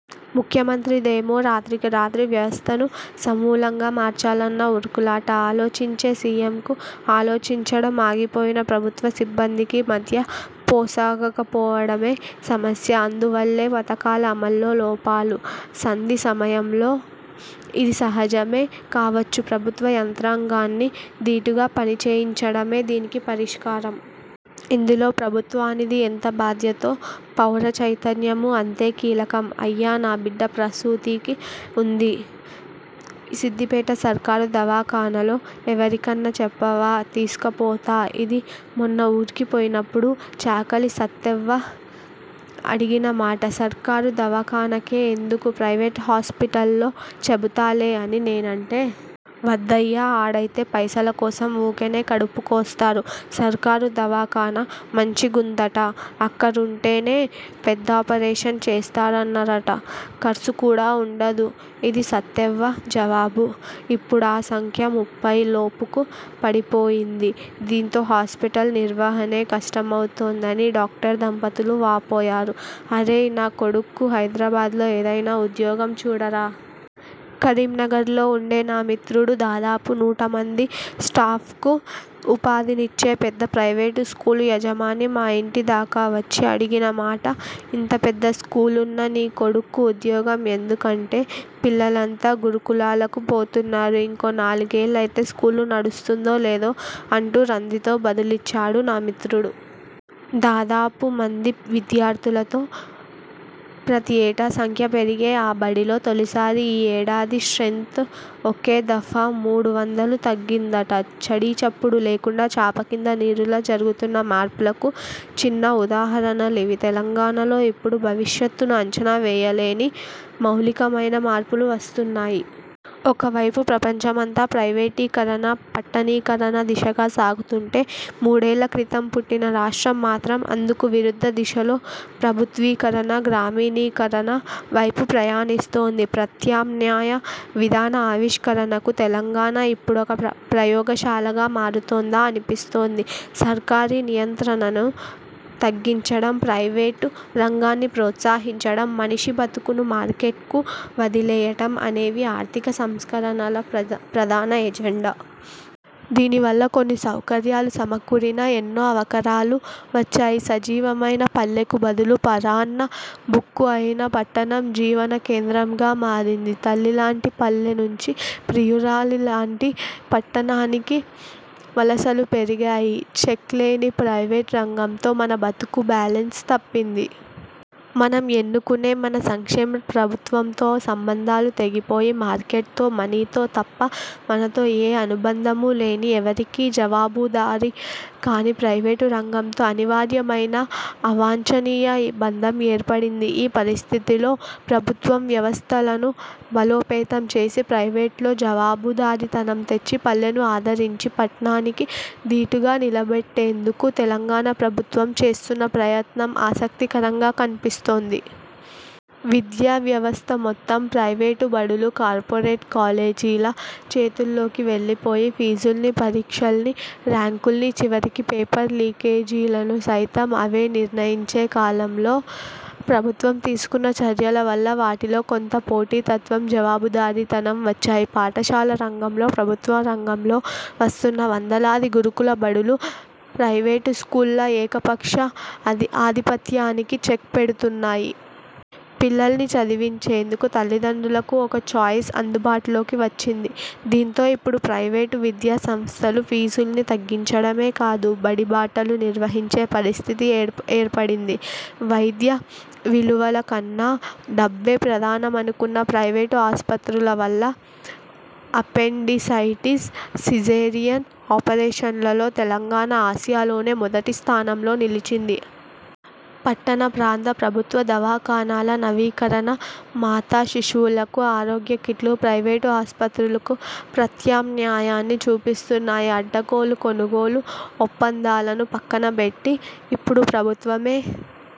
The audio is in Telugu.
ముఖ్యమంత్రిదేమో రాత్రికి రాత్రి వ్యవస్థను సమూలంగా మార్చాలన్న ఉరుకులాట! ఆలోచించే సీఎంకు, ఆలోచించడం ఆగిపోయిన ప్రభుత్వ సిబ్బందికి మధ్య పో సగకపోవడమే సమస్య. అందువల్లే పథకాల అమల్లో లోపాలు. సంధి సమయంలో ఇది సహజమే కావచ్చు. ప్రభుత్వ యంత్రాంగాన్ని దీటుగా పని చేయించడమే దీనికి పరిష్కారం. ఇందులో ప్రభుత్వానిది ఎంత బాధ్యతో, పౌర చైతన్యమూ అంతే కీలకం. ''అయ్యా.. నా బిడ్డ ప్రసూతికి ఉంది. సిద్దిపేట సర్కారు దవాఖానలో ఎవరికన్న చెప్పవా? తీస్కపోత'' ఇది మొన్న ఊరికి పోయినప్పడు చాకలి సత్తెవ్వ అడిగిన మాట. ''సర్కారు దవాఖానకే ఎందుకు? ప్రైవేటు హాస్పిటల్లో చెబుతాలే'' అని నేనంటే. ''వద్దయ్యా. ఆడైతే పైసల కోసం ఊకెనే కడుపు కోస్తరు. సర్కారు దవాఖాన మంచిగుందట. అక్కరుంటేనే పెద్దాపరేషన్ చేస్తన్నరట. కర్సు కూడా ఉండదు'' ఇది సత్తెవ్వ జవాబు. ఇప్పుడా సంఖ్య ముప్పై లోపుకు పడిపోయింది దీంతో హాస్పిటల్ నిర్వహణే కష్టమవుతోందని డాక్టర్ దంపతులు వాపోయారు. ''అరేయ్.. నా కొడుక్కు హైదరాబాద్లో ఏదైనా ఉద్యోగం చూడరా? కరీంనగర్లో ఉండే నా మిత్రుడు, దాదాపు నూట మంది స్టాఫ్కు ఉపాధినిచ్చే పెద్ద ప్రైవేటు స్కూలు యజమాని, మా ఇంటి దాకా వచ్చి అడిగిన మాట ఇంత పెద్ద స్కూలున్న నీ కొడుక్కు ఉద్యోగం ఎందుకంటే '' పిల్లలంతా గురుకులాలకు పోతున్నారు. ఇంకో నాలుగేళ్లైతే స్కూలు నడుస్తుందో లేదో '' అంటూ రంధితో బదులిచ్చాడు నా మిత్రుడు! దాదాపు మంది విద్యార్థులతో, ప్రతి ఏటా సంఖ్య పెరిగే ఆ బడిలో, తొలిసారి ఈ ఏడాది స్ర్టెంత్ ఒకే దఫా మూడు వందలు తగ్గిందట! చడీచప్పుడు లేకుండా, చాపకింద నీరులా జరుగుతున్న మార్పులకు చిన్న ఉదాహరణలివి. తెలంగాణలో ఇప్పుడు 'భవిష్యత్తును అంచనా వేయలేని' మౌలికమైన మార్పులు వస్తున్నాయి. ఒకవైపు ప్రపంచమంతా ప్రైవేటీకరణ, పట్టణీకరణ దిశగా సాగుతుంటే, మూడేళ్ల క్రితం పుట్టిన రాష్ట్రం మాత్రం, అందుకు విరుద్ధ దిశలో ప్రభుత్వీకరణ, గ్రామీణీకరణ వైపు ప్రయాణిస్తోంది! ప్రత్యామ్నాయ విధాన ఆవిష్కరణకు తెలంగాణ ఇప్పుడొక ప్రయోగశాలగా మారుతోందా అనిపిస్తోంది. సర్కారీ నియంత్రణను తగ్గించడం, ప్రైవేటు రంగాన్ని ప్రోత్సహించడం, మనిషి బతుకును మార్కెట్కు వదిలేయడం అనేవి ఆర్థిక సంస్కరణల ప్రధాన ఎజెండా. దీనివల్ల కొన్ని సౌకర్యాలు సమకూరినా, ఎన్నో అవకరాలూ వచ్చాయి. సజీవమైన పల్లెకు బదులు, పరాన్న భుక్కు అయిన పట్టణం జీవన కేంద్రంగా మారింది. తల్లిలాంటి పల్లె నుంచి ప్రియురాలి లాంటి పట్నానికి వలసలు పెరిగాయి. చెక్ లేని ప్రైవేటు రంగంతో మన బతుకు బ్యాలెన్స్ తప్పింది. 'మనం ఎన్నుకునే, మన సంక్షేమ ప్రభుత్వం'తో సంబంధాలు తెగిపోయి, మార్కెట్తో, మనీతో తప్ప మనతో ఏ అనుబంధమూ లేని, ఎవరికీ జవాబుదారీ కాని ప్రైవేటు రంగంతో అనివార్యమైన, అవాంఛనీయ బంధం ఏర్పడింది. ఈ పరిస్థితిలో ప్రభుత్వ వ్యవస్థలను బలోపేతం చేసి, ప్రైవేటులో జవాబుదారీ తనం తెచ్చి, పల్లెను ఆదరించి, పట్నానికి దీటుగా నిలబెట్టేందుకు తెలంగాణ ప్రభుత్వం చేస్తున్న ప్రయత్నం ఆసక్తికరంగా కనిపిస్తోంది. విద్యావ్యవస్థ మొత్తం ప్రైవేటు బడులు, కార్పొరేట్ కాలేజీల చేతుల్లోకి వెళ్లిపోయి, ఫీజుల్ని, పరీక్షల్ని, ర్యాంకుల్ని, చివరికి పేపర్ లీకేజీలను సైతం అవే నిర్ణయించే కాలంలో ప్రభుత్వం తీసుకున్న చర్యల వల్ల వాటిలో కొంత పోటీతత్వం, జవాబుదారీ తనం వచ్చాయి. పాఠశాల రంగంలో ప్రభుత్వ రంగంలో వస్తున్న వందలాది గురుకుల బడులు ప్రైవేటు స్కూళ్ల ఏకపక్ష ఆధిపత్యానికి చెక్ పెడుతున్నాయి. పిల్లల్ని చదివించేందుకు తల్లిదండ్రులకు ఒక 'చాయిస్' అందుబాటులోకి వచ్చింది. దీంతో ఇప్పుడు ప్రైవేటు విద్యా సంస్థలు ఫీజుల్ని తగ్గించడమే కాదు బడి బాటలు నిర్వహించే పరిస్థితి ఏర్పడింది. వైద్య విలువల కన్నా డబ్బే ప్రధానమనుకున్న ప్రైవేటు ఆస్పత్రుల వల్ల, అపెండిసైటిస్, సిజేరియన్ ఆపరేషన్లలో తెలంగాణ ఆసియాలోనే మొదటి స్థానంలో నిలిచింది. పట్టణ ప్రాంత ప్రభుత్వ దవాఖానాల నవీకరణ, మాతా శిశువులకు ఆరోగ్య కిట్లు ప్రైవేటు ఆస్పత్రులకు ప్రత్యామ్నాయాన్ని చూపిస్తున్నాయి. అడ్డగోలు కొనుగోలు ఒప్పందాలను పక్కనబెట్టి ఇప్పుడు ప్రభుత్వమే